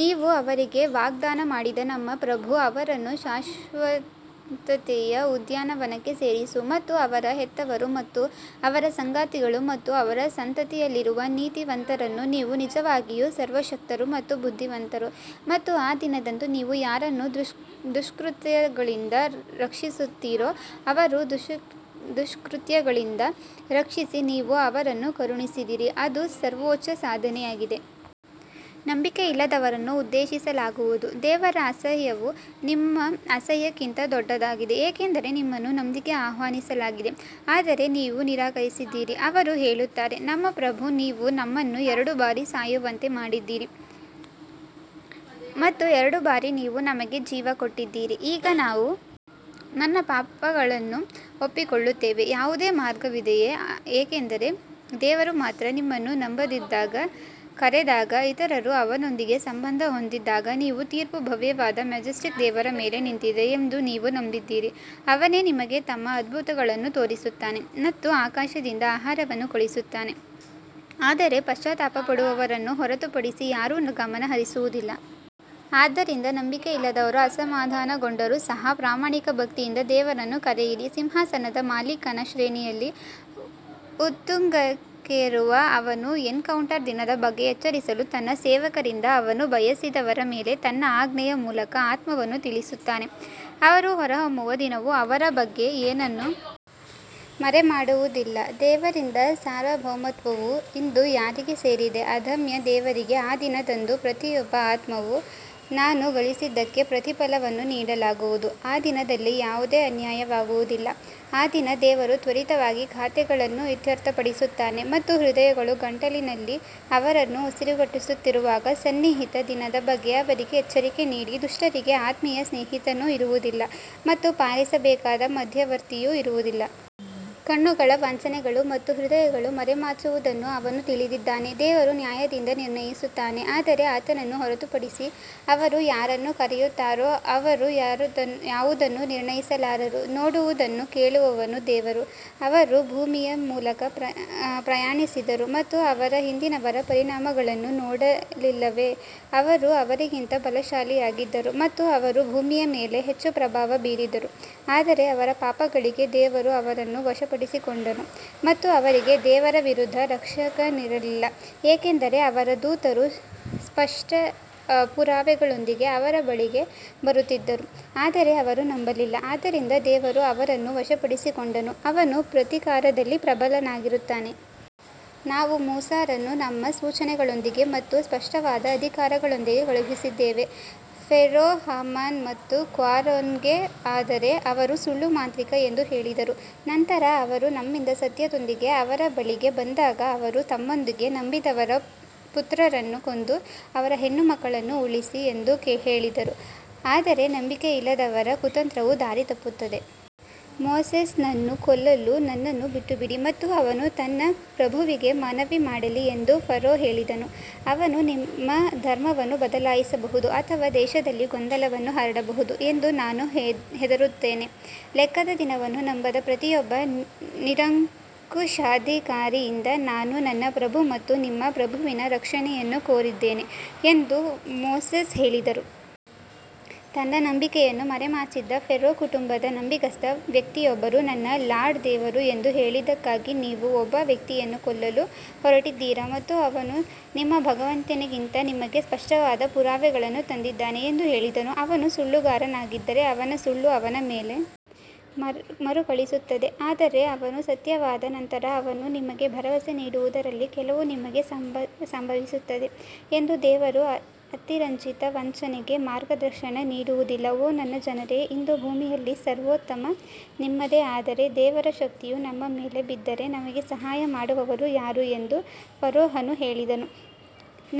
ನೀವು ಅವರಿಗೆ ವಾಗ್ದಾನ ಮಾಡಿದ ನಮ್ಮ ಪ್ರಭು ಅವರನ್ನು ಶಾಶ್ವತತೆಯ ಉದ್ಯಾನವನಕ್ಕೆ ಸೇರಿಸು ಮತ್ತು ಅವರ ಹೆತ್ತವರು ಮತ್ತು ಅವರ ಸಂಗಾತಿಗಳು ಮತ್ತು ಅವರ ಸಂತತಿಯಲ್ಲಿರುವ ನೀತಿವಂತರನ್ನು ನೀವು ನಿಜವಾಗಿಯೂ ಸರ್ವಶಕ್ತರು ಮತ್ತು ಬುದ್ಧಿವಂತರು ಮತ್ತು ಆ ದಿನದಂದು ನೀವು ಯಾರನ್ನು ದುಷ್ಕೃತ್ಯಗಳಿಂದ ರಕ್ಷಿಸುತ್ತೀರೋ ಅವರನ್ನು ದುಷ್ಕೃತ್ಯಗಳಿಂದ ರಕ್ಷಿಸಿ, ನೀವು ಅವರನ್ನು ಕರುಣಿಸಿದಿರಿ ಅದು ಸರ್ವೋಚ್ಚ ಸಾಧನೆಯಾಗಿದೆ. ನಂಬಿಕೆಯಿಲ್ಲದವರನ್ನು ಉದ್ದೇಶಿಸಲಾಗುವುದು ದೇವರ ಅಸಹ್ಯವು ನಿಮ್ಮ ಅಸಹ್ಯಕ್ಕಿಂತ ದೊಡ್ಡದಾಗಿದೆ ಏಕೆಂದರೆ ನಿಮ್ಮನ್ನು ನಂಬಿಕೆಗೆ ಆಹ್ವಾನಿಸಲಾಗಿದೆ ಆದರೆ ನೀವು ನಿರಾಕರಿಸಿದ್ದೀರಿ ಅವರು ಹೇಳುತ್ತಾರೆ ನಮ್ಮ ಪ್ರಭು ನೀವು ನಮ್ಮನ್ನು ಎರಡು ಬಾರಿ ಸಾಯುವಂತೆ ಮಾಡಿದಿರಿ ಮತ್ತು ಎರಡು ಬಾರಿ ನೀವು ನಮಗೆ ಜೀವ ಕೊಟ್ಟಿದ್ದೀರಿ ಈಗ ನಾವು ನಮ್ಮ ಪಾಪಗಳನ್ನು ಒಪ್ಪಿಕೊಳ್ಳುತ್ತೇವೆ ಯಾವುದೇ ಮಾರ್ಗವಿದೆಯೇ ಏಕೆಂದರೆ ದೇವರು ಮಾತ್ರ ನಿಮ್ಮನ್ನು ನಂಬದಿದ್ದಾಗ ಕರೆದಾಗ ಇತರರು ಅವನೊಂದಿಗೆ ಸಂಬಂಧ ಹೊಂದಿದ್ದಾಗ ನೀವು ತೀರ್ಪು ಭವ್ಯವಾದ ಮೆಜೆಸ್ಟಿಕ್ ದೇವರ ಮೇಲೆ ನಿಂತಿದೆ ಎಂದು ನೀವು ನಂಬಿದ್ದೀರಿ ಅವನೇ ನಿಮಗೆ ತನ್ನ ಅದ್ಭುತಗಳನ್ನು ತೋರಿಸುತ್ತಾನೆ ಮತ್ತು ಆಕಾಶದಿಂದ ಆಹಾರವನ್ನು ಕಳುಹಿಸುತ್ತಾನೆ ಆದರೆ ಪಶ್ಚಾತ್ತಾಪ ಪಡುವವರನ್ನು ಹೊರತುಪಡಿಸಿ ಯಾರೂ ಗಮನ ಹರಿಸುವುದಿಲ್ಲ. ಆದ್ದರಿಂದ ನಂಬಿಕೆಯಿಲ್ಲದವರು ಅಸಮಾಧಾನಗೊಂಡರೂ ಸಹ ಪ್ರಾಮಾಣಿಕ ಭಕ್ತಿಯಿಂದ ದೇವರನ್ನು ಕರೆಯಿರಿ ಸಿಂಹಾಸನದ ಮಾಲೀಕನ ಶ್ರೇಣಿಯಲ್ಲಿ ಉತ್ತುಂಗಕ್ಕೇರಿರುವ ಅವನು ಎನ್ಕೌಂಟರ್ ದಿನದ ಬಗ್ಗೆ ಎಚ್ಚರಿಸಲು ತನ್ನ ಸೇವಕರಿಂದ ಅವನು ಬಯಸಿದವರ ಮೇಲೆ ತನ್ನ ಆಜ್ಞೆಯ ಮೂಲಕ ಆತ್ಮವನ್ನು ತಿಳಿಸುತ್ತಾನೆ ಅವರು ಹೊರಹೊಮ್ಮುವ ದಿನವು ಅವರ ಬಗ್ಗೆ ಏನನ್ನೂ ಮರೆಮಾಡುವುದಿಲ್ಲ ದೇವರಿಂದ ಸಾರ್ವಭೌಮತ್ವವು ಇಂದು ಯಾರಿಗೆ ಸೇರಿದೆ ಅದಮ್ಯ ದೇವರಿಗೆ ಆ ದಿನದಂದು ಪ್ರತಿಯೊಬ್ಬ ಆತ್ಮವು ತಾನು ಗಳಿಸಿದ್ದಕ್ಕೆ ಪ್ರತಿಫಲವನ್ನು ನೀಡಲಾಗುವುದು ಆ ದಿನದಲ್ಲಿ ಯಾವುದೇ ಅನ್ಯಾಯವಾಗುವುದಿಲ್ಲ, ಆ ದಿನ ದೇವರು ತ್ವರಿತವಾಗಿ ಖಾತೆಗಳನ್ನು ಇತ್ಯರ್ಥಪಡಿಸುತ್ತಾನೆ ಮತ್ತು ಹೃದಯಗಳು ಗಂಟಲಿನಲ್ಲಿ ಅವರನ್ನು ಉಸಿರುಗಟ್ಟಿಸುತ್ತಿರುವಾಗ ಸನ್ನಿಹಿತ ದಿನದ ಬಗ್ಗೆ ಅವರಿಗೆ ಎಚ್ಚರಿಕೆ ನೀಡಿ, ದುಷ್ಟರಿಗೆ ಆತ್ಮೀಯ ಸ್ನೇಹಿತನೂ ಇರುವುದಿಲ್ಲ ಮತ್ತು ಪಾಲಿಸಬೇಕಾದ ಮಧ್ಯವರ್ತಿಯೂ ಇರುವುದಿಲ್ಲ. ಕಣ್ಣುಗಳ ವಂಚನೆಗಳು ಮತ್ತು ಹೃದಯಗಳು ಮರೆಮಾಚುವುದನ್ನು ಅವನು ತಿಳಿದಿದ್ದಾನೆ ದೇವರು ನ್ಯಾಯದಿಂದ ನಿರ್ಣಯಿಸುತ್ತಾನೆ ಆದರೆ ಆತನನ್ನು ಹೊರತುಪಡಿಸಿ ಅವರು ಯಾರನ್ನು ಕರೆಯುತ್ತಾರೋ ಅವರು ಯಾವುದನ್ನೂ ನಿರ್ಣಯಿಸಲಾರರು, ನೋಡುವದನ್ನು ಕೇಳುವವನು ದೇವರು. ಅವರು ಭೂಮಿಯ ಮೂಲಕ ಪ್ರಯಾಣಿಸಿದರು ಮತ್ತು ಅವರ ಹಿಂದಿನವರ ಪರಿಣಾಮಗಳನ್ನು ನೋಡಲಿಲ್ಲವೇ ಅವರು ಅವರಿಗಿಂತ ಬಲಶಾಲಿಯಾಗಿದ್ದರು ಮತ್ತು ಅವರು ಭೂಮಿಯ ಮೇಲೆ ಹೆಚ್ಚು ಪ್ರಭಾವ ಬೀರಿದರು ಆದರೆ ಅವರ ಪಾಪಗಳಿಗಾಗಿ ದೇವರು ಅವರನ್ನು ವಶಪಡಿಸಿಕೊಂಡನು ಮತ್ತು ಅವರಿಗೆ ದೇವರ ವಿರುದ್ಧ ರಕ್ಷಕನಿರಲಿಲ್ಲ ಏಕೆಂದರೆ ಅವರ ದೂತರು ಸ್ಪಷ್ಟ ಪುರಾವೆಗಳೊಂದಿಗೆ ಅವರ ಬಳಿಗೆ ಬರುತ್ತಿದ್ದರು ಆದರೆ ಅವರು ನಂಬಲಿಲ್ಲ ಆದ್ದರಿಂದ ದೇವರು ಅವರನ್ನು ವಶಪಡಿಸಿಕೊಂಡನು, ಅವನು ಪ್ರತೀಕಾರದಲ್ಲಿ ಪ್ರಬಲನಾಗಿರುತ್ತಾನೆ. ನಾವು ಮೂಸಾರನ್ನು ನಮ್ಮ ಸೂಚನೆಗಳೊಂದಿಗೆ ಮತ್ತು ಸ್ಪಷ್ಟವಾದ ಅಧಿಕಾರದೊಂದಿಗೆ ಕಳುಹಿಸಿದ್ದೇವೆ ಫೇರೋ ಹಾಮಾನ್ ಮತ್ತು ಕ್ವಾರೂನ್ಗೆ ಆದರೆ ಅವರು ಸುಳ್ಳು ಮಾಂತ್ರಿಕ ಎಂದು ಹೇಳಿದರು ನಂತರ ಅವರು ನಮ್ಮಿಂದ ಸತ್ಯದೊಂದಿಗೆ ಅವರ ಬಳಿಗೆ ಬಂದಾಗ ಅವರು ತಮ್ಮೊಂದಿಗೆ ನಂಬಿದವರ ಪುತ್ರರನ್ನು ಕೊಂದು ಅವರ ಹೆಣ್ಣುಮಕ್ಕಳನ್ನು ಉಳಿಸಿ ಎಂದು ಹೇಳಿದರು ಆದರೆ ನಂಬಿಕೆಯಿಲ್ಲದವರ ಕುತಂತ್ರವು ದಾರಿ ತಪ್ಪುತ್ತದೆ. ಮೋಸೆಸ್ನನ್ನು ಕೊಲ್ಲಲು ನನ್ನನ್ನು ಬಿಟ್ಟುಬಿಡಿ ಮತ್ತು ಅವನು ತನ್ನ ಪ್ರಭುವಿಗೆ ಮನವಿ ಮಾಡಲಿ ಎಂದು ಫರೋ ಹೇಳಿದನು, ಅವನು ನಿಮ್ಮ ಧರ್ಮವನ್ನು ಬದಲಾಯಿಸಬಹುದು ಅಥವಾ ದೇಶದಲ್ಲಿ ಗೊಂದಲವನ್ನು ಹರಡಬಹುದು ಎಂದು ನಾನು ಹೆದರುತ್ತೇನೆ ಲೆಕ್ಕದ ದಿನವನ್ನು ನಂಬದ ಪ್ರತಿಯೊಬ್ಬ ನಿರಂಕುಶಾಧಿಕಾರಿಯಿಂದ ನಾನು ನನ್ನ ಪ್ರಭು ಮತ್ತು ನಿಮ್ಮ ಪ್ರಭುವಿನ ರಕ್ಷಣೆಯನ್ನು ಕೋರಿದ್ದೇನೆ ಎಂದು ಮೋಸೆಸ್ ಹೇಳಿದರು. ತನ್ನ ನಂಬಿಕೆಯನ್ನು ಮರೆಮಾಚಿದ್ದ ಫೇರೋ ಕುಟುಂಬದ ನಂಬಿಗಸ್ತ ವ್ಯಕ್ತಿಯೊಬ್ಬರು ನನ್ನ ಲಾರ್ಡ್ ದೇವರು ಎಂದು ಹೇಳಿದ್ದಕ್ಕಾಗಿ ನೀವು ಒಬ್ಬ ವ್ಯಕ್ತಿಯನ್ನು ಕೊಲ್ಲಲು ಹೊರಟಿದ್ದೀರಾ ಮತ್ತು ಅವನು ನಿಮ್ಮ ಭಗವಂತನಿಂದ ನಿಮಗೆ ಸ್ಪಷ್ಟವಾದ ಪುರಾವೆಗಳನ್ನು ತಂದಿದ್ದಾನೆ ಎಂದು ಹೇಳಿದನು ಅವನು ಸುಳ್ಳುಗಾರನಾಗಿದ್ದರೆ ಅವನ ಸುಳ್ಳು ಅವನ ಮೇಲೆ ಮರುಕಳಿಸುತ್ತದೆ ಆದರೆ ಅವನು ಸತ್ಯವಾದ ನಂತರ ಅವನು ನಿಮಗೆ ಭರವಸೆ ನೀಡುವುದರಲ್ಲಿ ಕೆಲವು ನಿಮಗೆ ಸಂಭವಿಸುತ್ತವೆ ಎಂದು ದೇವರು ಅತಿರಂಜಿತ ವಂಚಕನಿಗೆ ಮಾರ್ಗದರ್ಶನ ನೀಡುವುದಿಲ್ಲ ಓ ನನ್ನ ಜನರೇ ಇಂದು ಭೂಮಿಯಲ್ಲಿ ಸರ್ವೋತ್ತಮ ನಿಮ್ಮದೇ ಆದರೆ ದೇವರ ಶಕ್ತಿಯು ನಮ್ಮ ಮೇಲೆ ಬಿದ್ದರೆ ನಮಗೆ ಸಹಾಯ ಮಾಡುವವರು ಯಾರು ಎಂದು ಫರೋಹನು ಹೇಳಿದನು,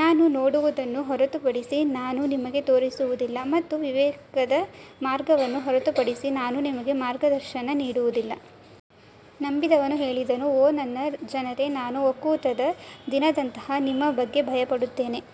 ನಾನು ನೋಡುವುದನ್ನು ಹೊರತುಪಡಿಸಿ ನಾನು ನಿಮಗೆ ತೋರಿಸುವುದಿಲ್ಲ ಮತ್ತು ವಿವೇಕದ ಮಾರ್ಗವನ್ನು ಹೊರತುಪಡಿಸಿ ನಾನು ನಿಮಗೆ ಮಾರ್ಗದರ್ಶನ ನೀಡುವುದಿಲ್ಲ. ನಂಬಿದವನು ಹೇಳಿದನು ಓ ನನ್ನ ಜನರೇ ನಾನು ಒಕ್ಕೂಟದ ದಿನದಂತಹ ನಿಮ್ಮ ಬಗ್ಗೆ ಭಯಪಡುತ್ತೇನೆ.